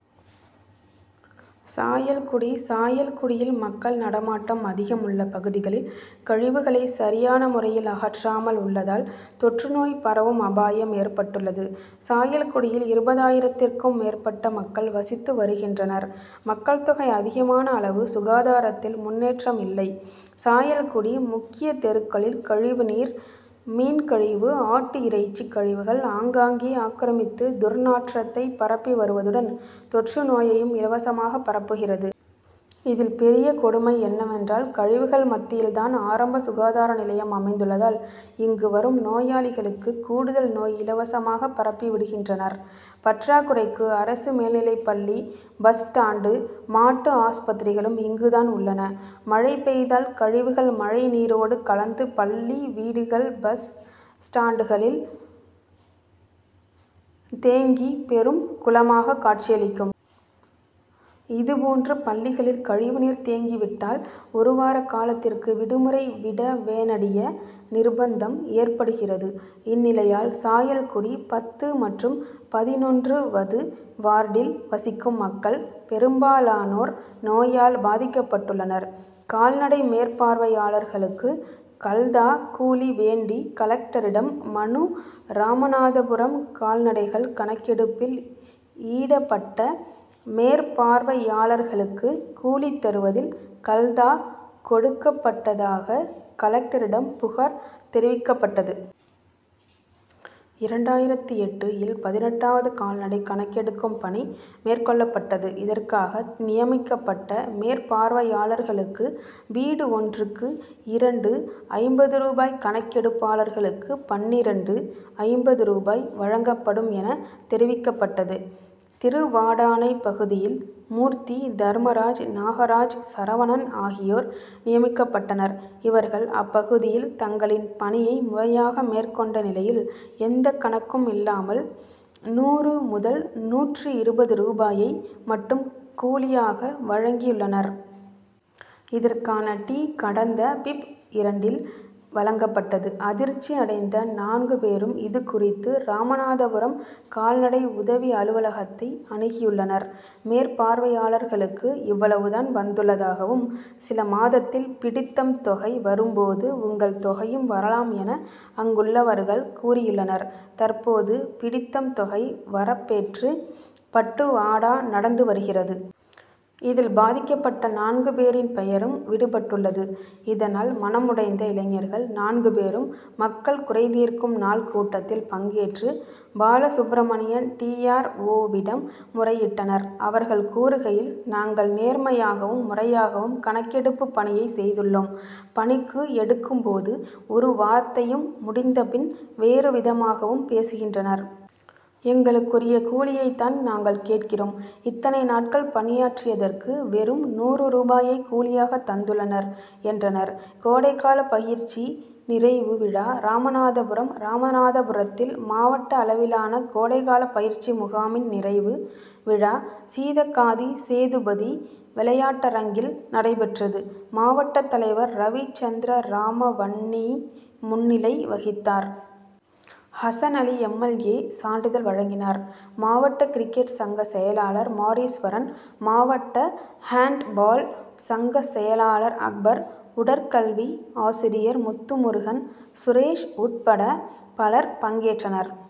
சாயல்குடி சாயல்குடியில் மக்கள் நடமாட்டம் அதிகம் உள்ள பகுதிகளில் கழிவுகளை சரியான முறையில் அகற்றாமல் உள்ளதால் தொற்று நோய் பரவும் அபாயம் ஏற்பட்டுள்ளது. சாயல்குடியில் இருபதாயிரத்திற்கும் மேற்பட்ட மக்கள் வசித்து வருகின்றனர். மக்கள் தொகை அதிகமான அளவு சுகாதாரத்தில் முன்னேற்றம் இல்லை. சாயல்குடி முக்கிய தெருக்களில் கழிவு நீர், மீன் கழிவு, ஆட்டு இறைச்சி கழிவுகள் ஆங்காங்கே ஆக்கிரமித்து துர்நாற்றத்தை பரப்பி வருவதுடன் தொற்று நோயையும் இலவசமாக பரப்புகிறது. இதில் பெரிய கொடுமை என்னவென்றால் கழிவுகள் மத்தியில்தான் ஆரம்ப சுகாதார நிலையம் அமைந்துள்ளதால் இங்கு வரும் நோயாளிகளுக்கு கூடுதல் நோய் இலவசமாக பரப்பிவிடுகின்றனர். பற்றாக்குறைக்கு அரசு மேல்நிலைப் பள்ளி, பஸ் ஸ்டாண்டு, மாட்டு ஆஸ்பத்திரிகளும் இங்குதான் உள்ளன. மழை பெய்தால் கழிவுகள் மழைநீரோடு கலந்து பள்ளி, வீடுகள், பஸ் ஸ்டாண்டுகளில் தேங்கி பெரும் குளமாக காட்சியளிக்கும். இது போன்று பள்ளிகளில் கழிவுநீர் தேங்கிவிட்டால் ஒரு வார காலத்திற்கு விடுமுறை விடவேணடிய நிர்ப்பந்தம் ஏற்படுகிறது. இந்நிலையால் சாயல்குடி பத்து மற்றும் பதினொன்று வது வார்டில் வசிக்கும் மக்கள் பெரும்பாலானோர் நோயால் பாதிக்கப் பட்டுள்ளனர். கால்நடை மேற்பார்வையாளர்களுக்கு கல்தா கூலி வேண்டி கலெக்டரிடம் மனு ராமநாதபுரம் கால்நடைகள் கணக்கெடுப்பில் ஈடபட்ட மேற்பார்வையாளர்களுக்கு கூலி தருவதில் கல்தா' கொடுக்கப்பட்டதாக, கலெக்டரிடம் புகார் தெரிவிக்கப்பட்டது. இரண்டாயிரத்து எட்டு இல் பதினெட்டாவது கால்நடை கணக்கெடுக்கும் பணி மேற்கொள்ளப்பட்டது. இதற்காக நியமிக்கப்பட்ட மேற்பார்வையாளர்களுக்கு வீடு ஒன்றுக்கு இரண்டு.ஐம்பது ரூபாய், கணக்கெடுப்பாளருக்கு பன்னிரண்டு. ஐம்பது ரூபாய் வழங்கப்படும் என தெரிவிக்கப்பட்டது. திருவாடானை பகுதியில் மூர்த்தி, தர்மராஜ், நாகராஜ், சரவணன் ஆகியோர் நியமிக்கப்பட்டனர். இவர்கள் அப்பகுதியில் தங்களின் பணியை முறையாக மேற்கொண்ட நிலையில், எந்த கணக்கும் இல்லாமல், நூறு முதல் நூற்று இருபது ரூபாயை மட்டும் கூலியாக வழங்கியுள்ளனர். இதற்கான டி. கடந்த பிப்.,இரண்டில் வழங்கப்பட்டது. அதிர்ச்சி அடைந்த நான்கு பேரும், இது குறித்து ராமநாதபுரம் கால்நடை உதவி அலுவலகத்தை அனுகியுள்ளனர். மேற்பார்வையாளர்களுக்கு இவ்வளவு தான் வந்துள்ளதாகவும், சில மாதத்தில் பிடித்தம் தொகை வரும் போது, உங்கள் தொகையும் வரலாம் என, அங்குள்ளவர்கள் கூறியுள்ளனர். தற்போது பிடித்தம் தொகை வரப்பேற்று பட்டுவாடா நடந்து வருகிறது. இதில் பாதிக்கப்பட்ட நான்கு பேரின் பெயரும் விடுபட்டுள்ளது. இதனால் மனமுடைந்த இளைஞர்கள் நான்கு பேரும் மக்கள் குறைதீர்க்கும் நாள் கூட்டத்தில் பங்கேற்று, பாலசுப்பிரமணியன் டி. ஆர். ஓ.,விடம் முறையிட்டனர். அவர்கள் கூறுகையில், நாங்கள் நேர்மையாகவும், முறையாகவும் கணக்கெடுப்பு பணியை செய்துள்ளோம். பணிக்கு எடுக்கும் போது ஒரு வார்த்தையும், முடிந்த பின் வேறுவிதமாகவும் பேசுகின்றனர். எங்களுக்குரிய கூலியை தான் நாங்கள் கேட்கிறோம். இத்தனை நாட்கள் பணியாற்றியதற்கு வெறும் நூறு ரூபாயை கூலியாக தந்துள்ளனர், என்றனர். கோடை கால பயிற்சி நிறைவு விழா ராமநாதபுரம் ராமநாதபுரத்தில் மாவட்ட அளவிலான கோடைகால பயிற்சி முகாமின் நிறைவு விழா சீதக்காதி சேதுபதி விளையாட்டரங்கில் நடைபெற்றது. மாவட்ட தலைவர் ரவிசந்திரராமவன்னி முன்னிலை வகித்தார். Hasan Ali M. L. A. சான்றிதழ் வழங்கினார். மாவட்ட கிரிக்கெட் சங்க செயலாளர் மாரீஸ்வரன், மாவட்ட ஹேண்ட்பால் சங்க செயலாளர் அக்பர், உடற்கல்வி ஆசிரியர் முத்துமுருகன் சுரேஷ் உட்பட பலர் பங்கேற்றனர்.